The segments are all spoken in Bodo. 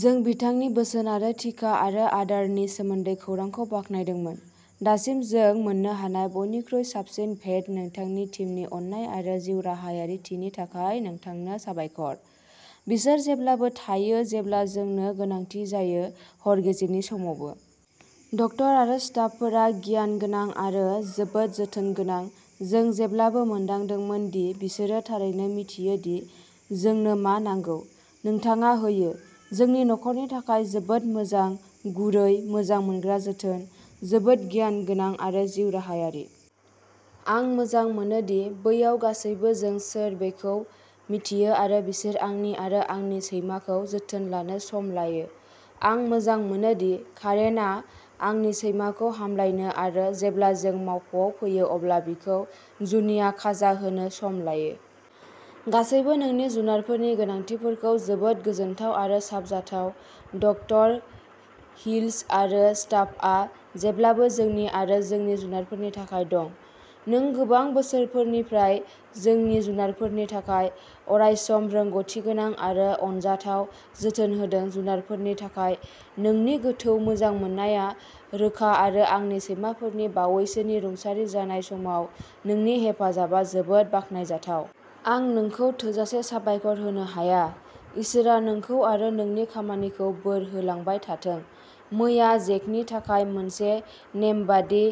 जों बिथांनि बोसोन आरो टिका आरो आदारनि सोमोन्दै खौरांखौ बाख्नायदोंमोन। दासिम जों मोन्नो हानाय बयनिख्रुइ साबसिन भेइट, नोंथांनि टीमनि अननाय आरो जिउराहायारिथिनि थाखाय नोंथांनो साबायखर। बिसोर जेब्लाबो थायो जेब्ला जोंनो गोनांथि जायो। हर गेजेरनि समावबो। ड. आरो स्टाफफोरा गियान गोनां आरो जोबोद जोथोन गोनां। जों जेब्लाबो मोनदांदोंमोन दि बिसोरो थारैनो मिथियो दि जोंनो मा नांगौ। नोंथाङा होयो। जोंनि नखरनि थाखाय जोबोद मोजां, गुरै, मोजां मोनग्रा जोथोन। जोबोद गियान गोनां आरो जिउराहायारि। आं मोजां मोनो दि बैयाव गासैबो जों सोर बेखौ मिथियो आरो बिसोर आंनि आरो आंनि सैमाखौ जोथोन लानो सम लायो। आं मोजां मोनो दि कारेनआ आंनि सैमाखौ हामलायनो आरो जेब्ला जों मावख'आव फैयो अब्ला बिखौ जुनिया खाजा होनो सम लायो। गासैबो नोंनि जुनारफोरनि गोनांथिफोरखौ जोबोद गोजोनथाव आरो साबजाथाव! ड. हिल्स आरो स्टाफआ जेब्लाबो जोंनि आरो जोंनि जुनारफोरनि थाखाय दं। नों गोबां बोसोरफोरनिफ्राय जोंनि जुनारफोरनि थाखाय अरायसम रोंग'थिगोनां आरो अनजाथाव जोथोन होदों। जुनारफोरनि थाखाय नोंनि गोथौ मोजां मोननाया रोखा आरो आंनि सैमाफोरनि बावैसोनि रुंसारि जानाय समाव नोंनि हेफाजाबआ जोबोद बाखनायजाथाव। आं नोंखौ थोजासे साबायखर होनो हाया। इसोरआ नोंखौ आरो नोंनि खामानिखौ बोर होलांबाय थाथों। मैया जेकनि थाखाय मोनसे नेमबादि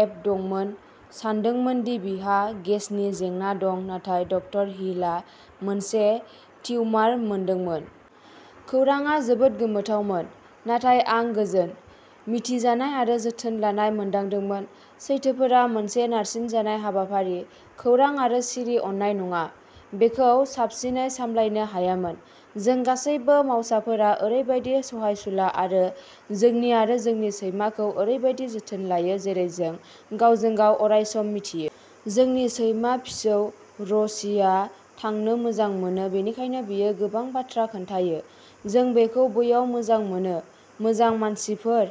एप्ट दंमोन। सानदोंमोन दि बिहा गेसनि जेंना दं नाथाय ड. हिलआ मोनसे टिउमार मोनदोंमोन। खौरांआ जोबोद गोमोथावमोन, नाथाय आं गोजोन, मिथिजानाय आरो जोथोन लानाय मोनदांदोंमोन। सैथोफोरा मोनसे नारसिनजानाय हाबाफारि, खौरां आरो सिरि अननाय नङा। बेखौ साबसिनै सामलायनो हायामोन। जों गासैबो मावसाफोरा ओरैबायदि सहायसुला आरो जोंनि आरो जोंनि सैमाखौ ओरैबायदि जोथोन लायो जेरै जों गावजों-गाव अरायसम मिथियो। जोंनि सैमा फिसौ र'सीआ थांनो मोजां मोनो, बेनिखायनो बेयो गोबां बाथ्रा खोन्थायो! जों बेखौ बैयाव मोजां मोनो! मोजां मानसिफोर!??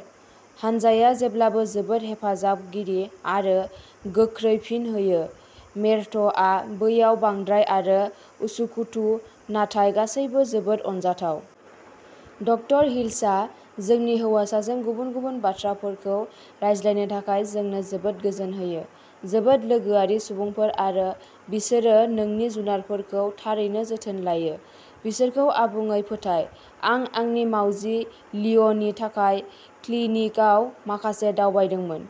हानजाया जेब्लाबो जोबोद हेफाजाबगिरि आरो गोख्रै फिन होयो। मेरट'आ बैयाव बांद्राय आरो उसुखुथु नाथाय गासैबो जोबोद अनजाथाव। ड. हिल्सआ जोंनि हौवासाजों गुबुन-गुबुन बाथ्राफोरखौ रायज्लायनो थाखाय जोंनो जोबोद गोजोन होयो। जोबोद लोगोआरि सुबुंफोर आरो बिसोरो नोंनि जुनारफोरखौ थारैनो जोथोन लायो। बिसोरखौ आबुङै फोथाय। आं आंनि मावजि लिअ'नि थाखाय क्लिनिकआव माखासे दावबायदोंमोन।